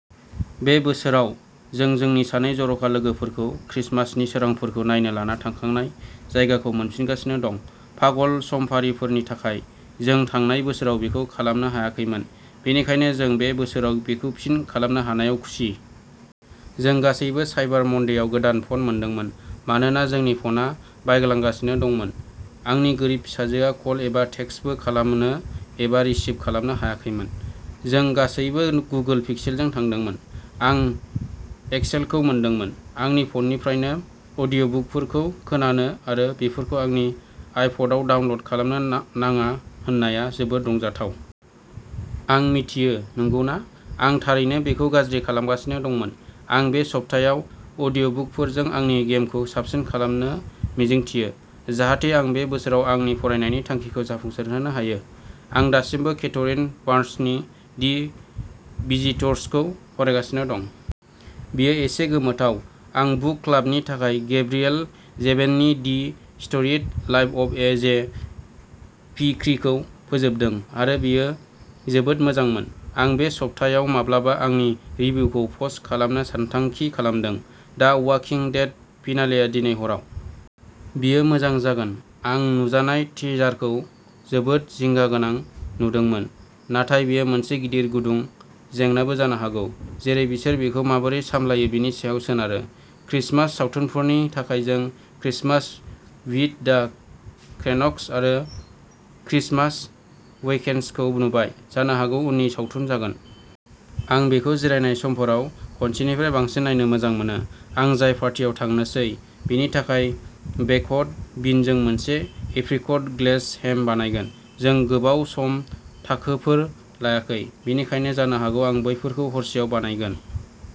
बे बोसोराव, जों जोंनि सानै जर'खा लोगोफोरखौ क्रिसमासनि सोरांफोरखौ नायनो लाना थांखांनाय जायगाखौ मोनफिनगासिनो दं। पागल समफारिफोरनि थाखाय, जों थांनाय बोसोराव बेखौ खालामनो हायाखैमोन, बेनिखायनो जों बे बोसोराव बेखौ फिन खालामनो हानायाव खुसि। जों गासैबो साइबार मंडेआव गोदान फन मोनदोंमोन मानोना जोंनि फनआ बायग्लांगासिनो दंमोन। आंनि गोरिब फिसाजोआ कल एबा टेक्सटबो खालामनो एबा रिसीव खालामनो हायाखैमोन। जों गासैबो गुगोल पिक्सेलजों थांदोंमोन। आं एक्सएलखौ मोनदोंमोन। आंनि फननिफ्रायनो अडिअ'बुकफोरखौ खोनानो आरो बेफोरखौ आंनि आइपडआव डाउनल'ड खालामनो नाङा मोननाया जोबोद रंजाथाव। आं मिथियो, नंगौना? आं थारैनो बेखौ गाज्रि खालामगासिनो दंमोन। आं बे सप्तायाव अडिअ'बुकफोरजों आंनि गेमखौ साबसिन खालामनो मिजिंथियो जाहाथे आं बे बोसोराव आंनि फरायनायनि थांखिखौ जाफुंसारहोनो हायो। आं दासिमबो केथरीन बार्न्सनि दि भिजिटर्सखौ फरायगासिनो दं। बेयो एसे गोमोथाव। आं बुक क्लाबनि थाखाय गेब्रिएल जेभिननि the storied life of A. J. फिक्रीखौ फोजोबदों आरो बेयो जोबोद मोजांमोन। आं बे सप्तायाव माब्लाबा आंनि रिभिउखौ पस्ट खालामनो सानथांखि खालामदों। दा वाकिं डेड फिनालेआ दिनै हराव। बेयो मोजां जागोन। आं नुजानाय टिजारखौ जोबोद जिंगा गोनां नुदोंमोन, नाथाय बेयो मोनसे गिदिर गुदुं जेंनाबो जानो हागौ, जेरै बिसोर बेखौ माबोरै सामलायो बेनि सायाव सोनारो। क्रिसमास सावथुनफोरनि थाखाय जों क्रिसमास विद दा क्रेन्कस आरो क्रिसमास वेकेसनखौ नुबाय, जानो हागौ उननि सावथुन जागोन। आं बेखौ जिरायनाय सानफोराव खनसेनिफ्राय बांसिन नायनो मोजां मोनो। आं जाय पार्टियाव थांनोसै बेनि थाखाय बेकड बिनजों मोनसे एप्रिकट ग्लेजड हेम बानायगोन। जों गोबाव सम टाकोफोर लायाखै, बेनिखायनो जानो हागौ आं बैफोरखौ हरसेआव बानायगोन।